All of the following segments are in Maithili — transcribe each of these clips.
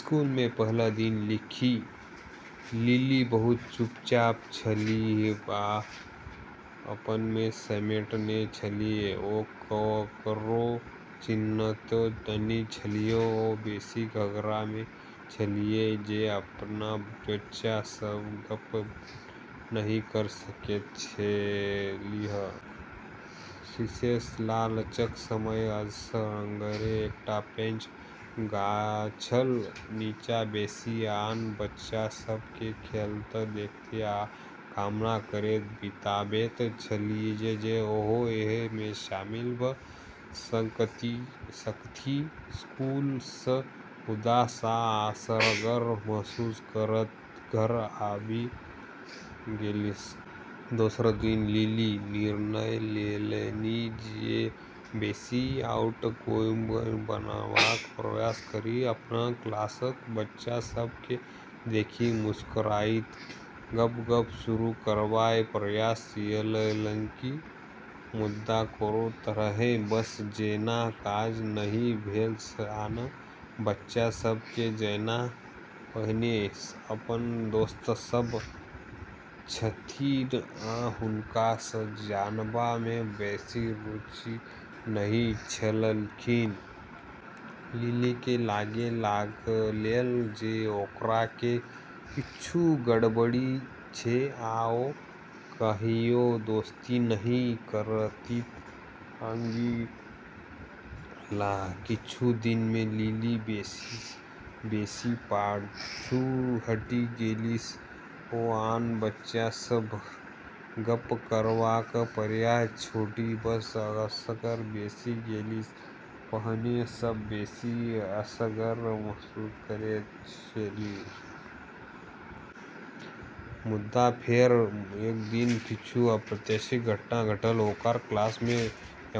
स्कूल मे पहिल दिन लिली बहुत चुपचाप छलीह आ अपना मे समेटने छलीह। ओ ककरो चिन्हैत नहि छलीह आ बेसी घबरा गेल छलीह जे आन बच्चा सभ सँ गप्प नहि कइ सकैत छलीह। रिसेस आ लंचक समय असगरे एकटा पैघ गाछक नीचा बैसि आन बच्चा सभ केँ खेलैत देखैत आ कामना करैत बिताबैत छलीह जे ओहो एहि मे शामिल भऽ सकथि। स्कूल सँ उदास आ असगर महसूस करैत घर आबि गेलीह। दोसर दिन लिली निर्णय लेलनि जे बेसी आउटगोइंग बनबाक प्रयास करी। अपन क्लासक बच्चा सभ केँ देखि मुस्कुराइत गप्प-सप्प शुरू करबाक प्रयास कएलनि। मुदा कोनो तरहेँ, बस जेना काज नहि भेल। आन बच्चा सभ केँ जेना पहिने सँ अपन दोस्त सभ छथिन आ हुनका सँ जानबा मे बेसी रुचि नहि छलखिन। लिली केँ लागै लागलैन जे ओकरा मे किछु गड़बड़ी अछि आ ओ कहियो दोस्ती नहि करतीह। अगिला किछु दिन मे लिली बेसी सँ बेसी पाछू हटि गेलीह। ओ आन बच्चा सभ सँ गप्प करबाक प्रयास छोड़ि बस असगर बैसि गेलीह, पहिने सँ बेसी असगर महसूस करैत छलीह। मुदा फेर एक दिन किछु अप्रत्याशित घटना घटल। ओकर क्लास मे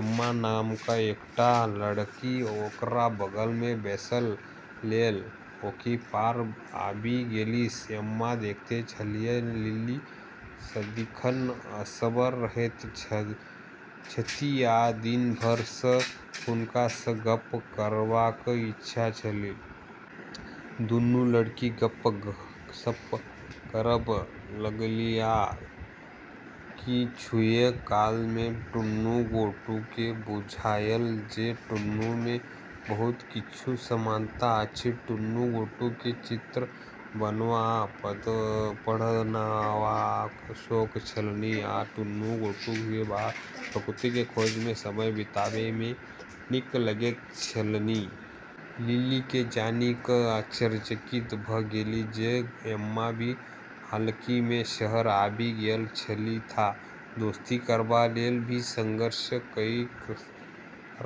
एम्मा नामक एकटा लड़की ओकरा बगल मे बैसब लेल ओहि पार आबि गेलीह। एम्मा देखने छलीह जे लिली सदिखन असगर रहैत छथि आ दिन भरि सँ हुनका सँ गप्प करबाक इच्छा छलनि। दुनू लड़की गप्प-सप्प करब लगलीह आ किछुए काल मे दुनू गोटे केँ बुझायल जे दुनू मे बहुत किछु समानता अछि। दुनू गोटे केँ चित्र बनाब आ पढ़बाक शौक छलनि, आ दुनू गोटे केँ बाहर प्रकृति मे खोज मे समय बिताबै मे नीक लगैत छलनि। लिली ई जानि कऽ आश्चर्यचकित भऽ गेलीह जे एम्मा भी हालही मे शहर आबि गेल छथि आ दोस्ती करबा लेल भी संघर्ष कइ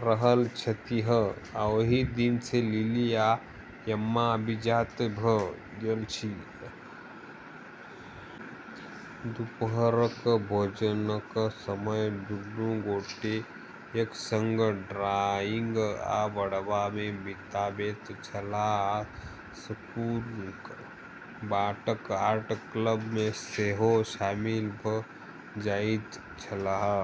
रहल छलीह। ओहि दिन सँ लिली आ एम्मा अविभाज्य भऽ गेल छलीह। दुपहरक भोजनक समय दुनू गोटे एक संग ड्राइंग आ पढ़बा मे बिताबैत छलाह आ स्कूलक बादक आर्ट क्लब मे सेहो शामिल भऽ जाइत छलाह।